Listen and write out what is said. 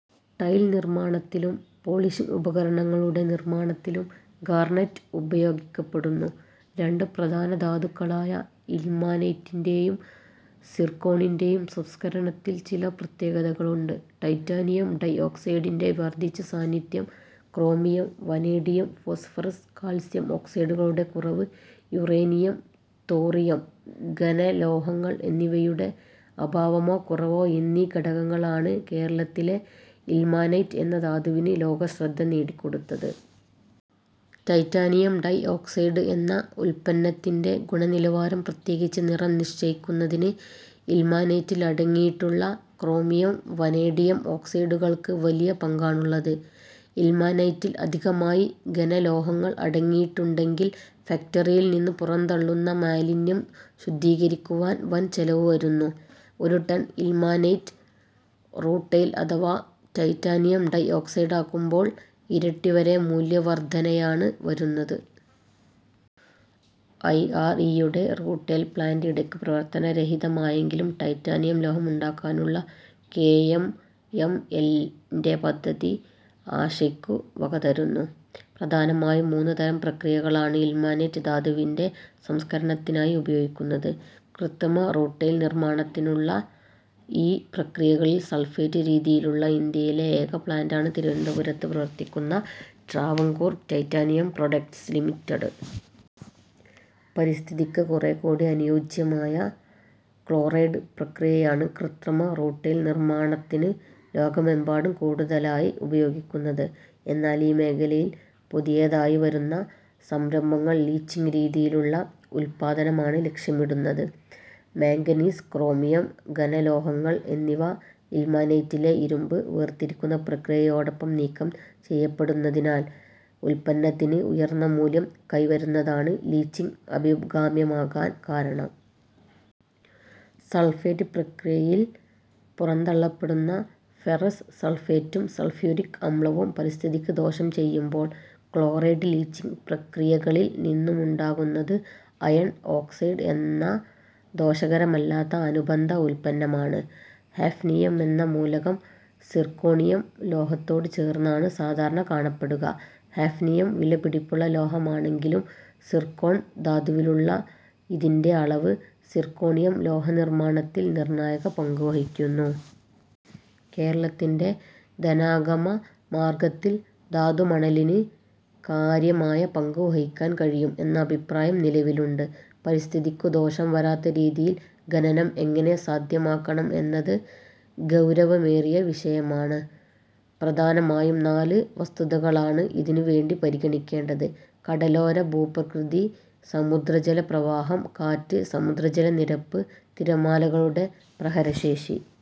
ടൈൽനിർമ്മാണത്തിലും polishing ഉപകരണങ്ങളുടെ നിർമ്മാണത്തിലും garnet ഉപയോഗിക്കപ്പെടുന്നു. രണ്ട് പ്രധാന ധാതുക്കളായ ഇൽമനൈറ്റിന്റെയും സിർക്കോണിന്റെയും സംസ്കരണത്തിൽ ചില പ്രത്യേകതകളുണ്ട്. ടൈറ്റാനിയം ഡൈഓക്സൈഡിന്റെ വർധിച്ച സാന്നിധ്യം; ക്രോമിയം, വനേഡിയം, ഫോസ്ഫറസ്, കാൽസ്യം ഓക്സൈഡുകളുടെ കുറവ്; യുറേനിയം, തോറിയം, ഘനലോഹങ്ങൾ എന്നിവയുടെ അഭാവമോ കുറവോ എന്നീ ഘടകങ്ങളാണ് കേരളത്തിലെ ഇൽമനൈറ്റ് എന്ന ധാതുവിന് ലോകശ്രദ്ധ നേടിക്കൊടുത്തത്. ടൈറ്റാനിയം ഡൈഓക്സൈഡ് എന്ന ഉത്പന്നത്തിന്റെ ഗുണനിലവാരം, പ്രത്യേകിച്ച് നിറം, നിശ്ചയിക്കുന്നതിന് ഇൽമാനൈറ്റിൽ അടങ്ങിയിട്ടുള്ള ക്രോമിയം, വനേഡിയം ഓക്സൈഡുകൾക്ക് വലിയ പങ്കാണുള്ളത്. ഇൽമാനൈറ്റിൽ അധികമായി ഘനലോഹങ്ങൾ അടങ്ങിയിട്ടുണ്ടെങ്കിൽ ഫാക്റ്ററിയിൽനിന്നു പുറന്തള്ളുന്ന മാലിന്യം ശുദ്ധീകരിക്കുവാൻ വൻചെലവ് വരുന്നു. ഒരു ടൺ ഇൽമാനൈറ്റ്, റൂട്ടൈൽ അഥവാ ടൈറ്റാനിയം ഡൈഓക്സൈഡാക്കുമ്പോൾ ഇരട്ടി വരെ മൂല്യവർധനയാണ് വരുന്നത്. ഐ. ആർ. ഇ. യുടെ റൂട്ടൈൽ പ്ലാന്റ് ഇടയ്ക്ക് പ്രവർത്തന രഹിതമായെങ്കിലും ടൈറ്റാനിയം ലോഹം ഉണ്ടാക്കാനുള്ള കെ. എം. എം. എൽ-ന്റെ പദ്ധതി ആശയ്ക്കു വകതരുന്നു. പ്രധാനമായും മൂന്ന് തരം പ്രക്രിയകളാണ് ഇൽമനൈറ്റ് ധാതുവിന്റെ സംസ്കരണത്തിനായി ഉപയോഗിക്കുന്നത്. കൃത്രിമ റൂട്ടൈൽ നിർമ്മാണത്തിനുള്ള ഈ പ്രക്രിയകളിൽ സൾഫേറ്റ് രീതിയിലുള്ള ഇന്ത്യയിലെ ഏകപ്ലാന്റാണ് തിരുവനന്തപുരത്ത് പ്രവർത്തിക്കുന്ന ട്രാവൻകൂർ ടൈറ്റാനിയം പ്രോഡക്റ്റ്സ് ലിമിറ്റഡ്. പരിസ്ഥിതിക്ക് കുറേക്കൂടി അനുയോജ്യമായ ക്ലോറൈഡ് പ്രക്രിയയാണ് കൃത്രിമ റൂട്ടൈൽ നിർമ്മാണത്തിന് ലോകമെമ്പാടും കൂടുതലായി ഉപയോഗിക്കുന്നത്. എന്നാൽ ഈ മേഖലയിൽ പുതിയതായി വരുന്ന സംരംഭങ്ങൾ ലീച്ചിങ് രീതിയിലുള്ള ഉത്പാദനമാണ് ലക്ഷ്യമിടുന്നത്. മാങ്ഗനീസ്, ക്രോമിയം, ഘനലോഹങ്ങൾ എന്നിവ ഇൽമനൈറ്റിലെ ഇരുമ്പ് വേർതിരിക്കുന്ന പ്രക്രിയയോടൊപ്പം നീക്കം ചെയ്യപ്പെടുന്നതിനാൽ ഉത്പന്നത്തിന് ഉയർന്ന മൂല്യം കൈവരുന്നതാണ് ലീച്ചിങ് അഭികാമ്യമാകാൻ കാരണം. സൾഫേറ്റ് പ്രക്രിയയിൽ പുറന്തള്ളപ്പെടുന്ന ഫെറസ് സൾഫേറ്റും സൾഫ്യൂറിക് അമ്ലവും പരിസ്ഥിതിക്കു ദോഷം ചെയ്യുമ്പോൾ, ക്ലോറൈഡ്-ലീച്ചിങ് പ്രക്രിയകളിൽ നിന്നുമുണ്ടാകുന്നത് അയൺ ഓക്സൈഡ് എന്ന ദോഷകരമല്ലാത്ത അനുബന്ധ ഉത്പന്നമാണ്. ഹാഫ്നിയം എന്ന മൂലകം സിർക്കോണിയം ലോഹത്തോടു ചേർന്നാണ് സാധാരണ കാണപ്പെടുക. ഹാഫ്നിയം വിലപിടിപ്പുള്ള ലോഹമാണെങ്കിലും സിർക്കോൺ ധാതുവിലുള്ള ഇതിന്റെ അളവ് സിർക്കോണിയം ലോഹനിർമ്മാണത്തിൽ നിർണായക പങ്കുവഹിക്കുന്നു. കേരളത്തിന്റെ ധനാഗമ മാർഗ്ഗത്തിൽ ധാതുമണലിന് കാര്യമായ പങ്കു വഹിക്കാൻ കഴിയും എന്ന അഭിപ്രായം നിലവിലുണ്ട്. പരിസ്ഥിതിക്കു ദോഷം വരാത്ത രീതിയിൽ ഖനനം എങ്ങനെ സാധ്യമാക്കണം എന്നത് ഗൌരവമേറിയ വിഷയമാണ്. പ്രധാനമായും നാല് വസ്തുതകളാണ് ഇതിനുവേണ്ടി പരിഗണിക്കേണ്ടത്: കടലോര ഭൂപ്രകൃതി, സമുദ്രജല പ്രവാഹം, കാറ്റ്, സമുദ്രജല നിരപ്പ്, തിരമാലകളുടെ പ്രഹരശേഷി